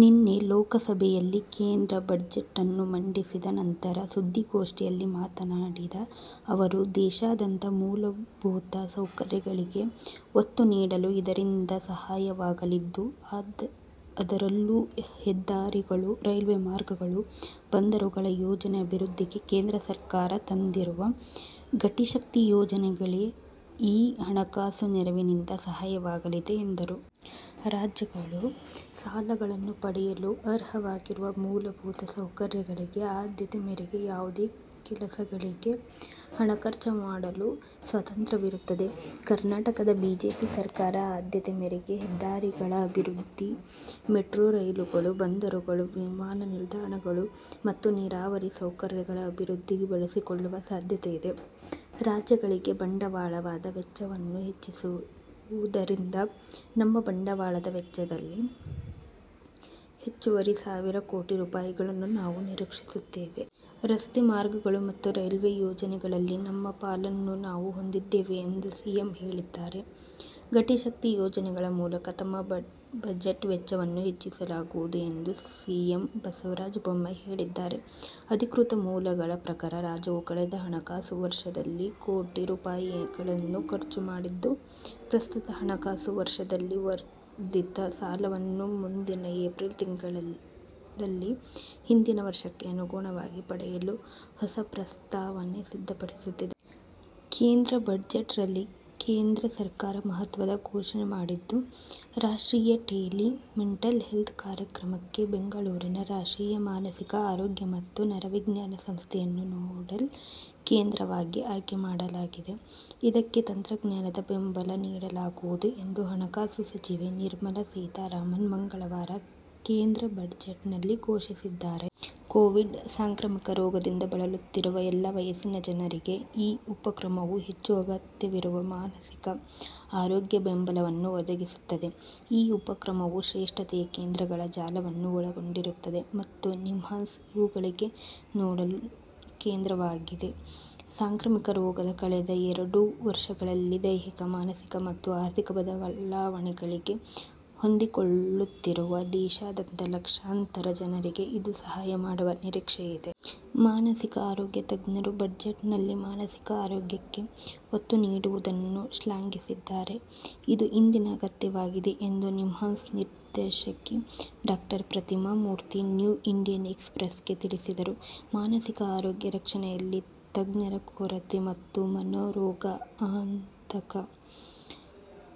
ನಿನ್ನೆ ಲೋಕಸಭೆಯಲ್ಲಿ ಕೇಂದ್ರ ಬಜೆಟ್- ನ್ನು ಮಂಡಿಸಿದ ನಂತರ ಸುದ್ದಿಗೋಷ್ಠಿಯಲ್ಲಿ ಮಾತನಾಡಿದ ಅವರು, ದೇಶಾದ್ಯಂತ ಮೂಲಭೂತ ಸೌಕರ್ಯಗಳಿಗೆ ಒತ್ತು ನೀಡಲು ಇದರಿಂದ ಸಹಾಯವಾಗಲಿದ್ದು, ಅದರಲ್ಲೂ ಹೆದ್ದಾರಿಗಳು, ರೈಲ್ವೆ ಮಾರ್ಗಗಳು, ಬಂದರುಗಳ ಯೋಜನೆ ಅಭಿವೃದ್ಧಿಗೆ ಕೇಂದ್ರ ಸರ್ಕಾರ ತಂದಿರುವ ಘಟಿ ಶಕ್ತಿ ಯೋಜನೆಗಳಿಗೆ ಈ ಹಣಕಾಸು ನೆರವಿನಿಂದ ಸಹಾಯವಾಗಲಿದೆ ಎಂದರು. ರಾಜ್ಯಗಳು ಸಾಲಗಳನ್ನು ಪಡೆಯಲು ಅರ್ಹವಾಗಿರುವಾಗ ಮೂಲಭೂತ ಸೌಕರ್ಯಗಳಿಗೆ ಆದ್ಯತೆ ಮೇರೆಗೆ ಯಾವುದೇ ಕೆಲಸಗಳಿಗೆ ಹಣ ಖರ್ಚು ಮಾಡಲು ಸ್ವಾತಂತ್ರ್ಯವಿರುತ್ತದೆ. ಕರ್ನಾಟಕದ ಬಿಜೆಪಿ ಸರ್ಕಾರ ಆದ್ಯತೆ ಮೇರೆಗೆ ಹೆದ್ದಾರಿಗಳ ಅಭಿವೃದ್ಧಿ, ಮೆಟ್ರೊ ರೈಲುಗಳು, ಬಂದರುಗಳು, ವಿಮಾನ ನಿಲ್ದಾಣಗಳು ಮತ್ತು ನೀರಾವರಿ ಸೌಕರ್ಯಗಳ ಅಭಿವೃದ್ಧಿಗೆ ಬಳಸಿಕೊಳ್ಳುವ ಸಾಧ್ಯತೆಯಿದೆ. ರಾಜ್ಯಗಳಿಗೆ ಬಂಡವಾಳದ ವೆಚ್ಚವನ್ನು ಹೆಚ್ಚಿಸಿರುವುದರಿಂದ, ನಮ್ಮ ಬಂಡವಾಳದ ವೆಚ್ಚದಲ್ಲಿ ಹೆಚ್ಚುವರಿ ಸಾವಿರ ಕೋಟಿ ರೂಪಾಯಿಗಳನ್ನು ನಾವು ನಿರೀಕ್ಷಿಸುತ್ತೇವೆ. ರಸ್ತೆ ಮಾರ್ಗಗಳು ಮತ್ತು ರೈಲ್ವೆ ಯೋಜನೆಗಳಲ್ಲಿ ನಮ್ಮ ಪಾಲನ್ನು ನಾವು ಹೊಂದಿದ್ದೇವೆ ಎಂದು ಸಿಎಂ ಹೇಳಿದ್ದಾರೆ. ಘಟಿ ಶಕ್ತಿ ಯೋಜನೆಗಳ ಮೂಲಕ ತಮ್ಮ ಬಜೆಟ್ ವೆಚ್ಚವನ್ನು ಹೆಚ್ಚಿಸಲಾಗುವುದು ಎಂದು ಸಿಎಂ ಬಸವರಾಜ ಬೊಮ್ಮಾಯಿ ಹೇಳಿದ್ದಾರೆ. ಅಧಿಕೃತ ಮೂಲಗಳ ಪ್ರಕಾರ, ರಾಜ್ಯವು ಕಳೆದ ಹಣಕಾಸು ವರ್ಷದಲ್ಲಿ ಕೋಟಿ ರೂಪಾಯಿಗಳನ್ನು ಖರ್ಚು ಮಾಡಿದ್ದು ಪ್ರಸಕ್ತ ಹಣಕಾಸು ವರ್ಷದಲ್ಲಿ ವರ್ಧಿತ ಸಾಲವನ್ನು ಮುಂದಿನ ಏಪ್ರಿಲ್ ತಿಂಗಳಲ್ಲಿ ಹಿಂದಿನ ವರ್ಷಕ್ಕೆ ಅನುಗುಣವಾಗಿ ಪಡೆಯಲು ಹೊಸ ಪ್ರಸ್ತಾವನೆಯನ್ನು ಸಿದ್ಧಪಡಿಸುತ್ತಿದೆ. ಕೇಂದ್ರ ಬಜೆಟ್ ರಲ್ಲಿ ಕೇಂದ್ರ ಸರ್ಕಾರ ಮಹತ್ವದ ಘೋಷಣೆ ಮಾಡಿದ್ದು, ರಾಷ್ಟ್ರೀಯ ಟೆಲಿ ಮೆಂಟಲ್ ಹೆಲ್ತ್ ಕಾರ್ಯಕ್ರಮಕ್ಕೆ ಬೆಂಗಳೂರಿನ ರಾಷ್ಟ್ರೀಯ ಮಾನಸಿಕ ಆರೋಗ್ಯ ಮತ್ತು ನರವಿಜ್ಞಾನ ಸಂಸ್ಥೆ ಯನ್ನು ನೋಡಲ್ ಕೇಂದ್ರವಾಗಿ ಆಯ್ಕೆ ಮಾಡಲಾಗಿದೆ. ಇದಕ್ಕೆ ತಂತ್ರಜ್ಞಾನದ ಬೆಂಬಲ ನೀಡಲಾಗುವುದು ಎಂದು ಹಣಕಾಸು ಸಚಿವೆ ನಿರ್ಮಲಾ ಸೀತಾರಾಮನ್ ಮಂಗಳವಾರ ಕೇಂದ್ರ ಬಜೆಟ್ನಲ್ಲಿ ಘೋಷಿಸಿದ್ದಾರೆ. ಕೋವಿಡ್ ಸಾಂಕ್ರಾಮಿಕ ರೋಗದಿಂದ ಬಳಲುತ್ತಿರುವ ಎಲ್ಲಾ ವಯಸ್ಸಿನ ಜನರಿಗೆ ಈ ಉಪಕ್ರಮವು ಹೆಚ್ಚು ಅಗತ್ಯವಿರುವ ಮಾನಸಿಕ ಆರೋಗ್ಯ ಬೆಂಬಲವನ್ನು ಒದಗಿಸುತ್ತದೆ. ಈ ಉಪಕ್ರಮವು ಶ್ರೇಷ್ಠತೆಯ ಕೇಂದ್ರಗಳ ಜಾಲವನ್ನು ಒಳಗೊಂಡಿರುತ್ತದೆ ಮತ್ತು ನಿಮ್ಹಾನ್ಸ್ ಇವುಗಳಿಗೆ ನೋಡಲ್ ಕೇಂದ್ರವಾಗಿದೆ. ಸಾಂಕ್ರಾಮಿಕ ರೋಗದ ಕಳೆದ ಎರಡು ವರ್ಷಗಳಲ್ಲಿ ದೈಹಿಕ, ಮಾನಸಿಕ ಮತ್ತು ಆರ್ಥಿಕ ಬದಲಾವಣೆಗಳಿಗೆ ಹೊಂದಿಕೊಳ್ಳುತ್ತಿರುವ ದೇಶಾದ್ಯಂತ ಲಕ್ಷಾಂತರ ಜನರಿಗೆ ಇದು ಸಹಾಯ ಮಾಡುವ ನಿರೀಕ್ಷೆಯಿದೆ. ಮಾನಸಿಕ ಆರೋಗ್ಯ ತಜ್ಞರು ಬಜೆಟ್ನಲ್ಲಿ ಮಾನಸಿಕ ಆರೋಗ್ಯಕ್ಕೆ ಒತ್ತು ನೀಡಿರುವುದನ್ನು ಶ್ಲಾಘಿಸಿದ್ದಾರೆ. ಇದು ಇಂದಿನ ಅಗತ್ಯವಾಗಿದೆ ಎಂದು ನಿಮ್ಹಾನ್ಸ್ ನಿರ್ದೇಶಕಿ ಡಾ ಪ್ರತಿಮಾ ಮೂರ್ತಿ ನ್ಯೂ ಇಂಡಿಯನ್ ಎಕ್ಸ್ಪ್ರೆಸ್ಗೆ ತಿಳಿಸಿದರು, 'ಮಾನಸಿಕ ಆರೋಗ್ಯ ರಕ್ಷಣೆಯಲ್ಲಿ ತಜ್ಞರ ಕೊರತೆ ಮತ್ತು ಮನೋರೋಗ, ಆತಂಕ,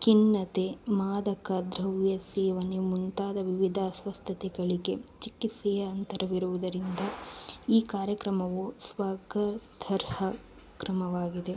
ಖಿನ್ನತೆ, ಮಾದಕ ದ್ರವ್ಯ ಸೇವನೆ ಮುಂತಾದ ವಿವಿಧ ಅಸ್ವಸ್ಥತೆಗಳಿಗೆ ಚಿಕಿತ್ಸೆಯ ಅಂತರವಿರುವುದರಿಂದ ಈ ಕಾರ್ಯಕ್ರಮವು ಸ್ವಾಗತಾರ್ಹ ಕ್ರಮವಾಗಿದೆ.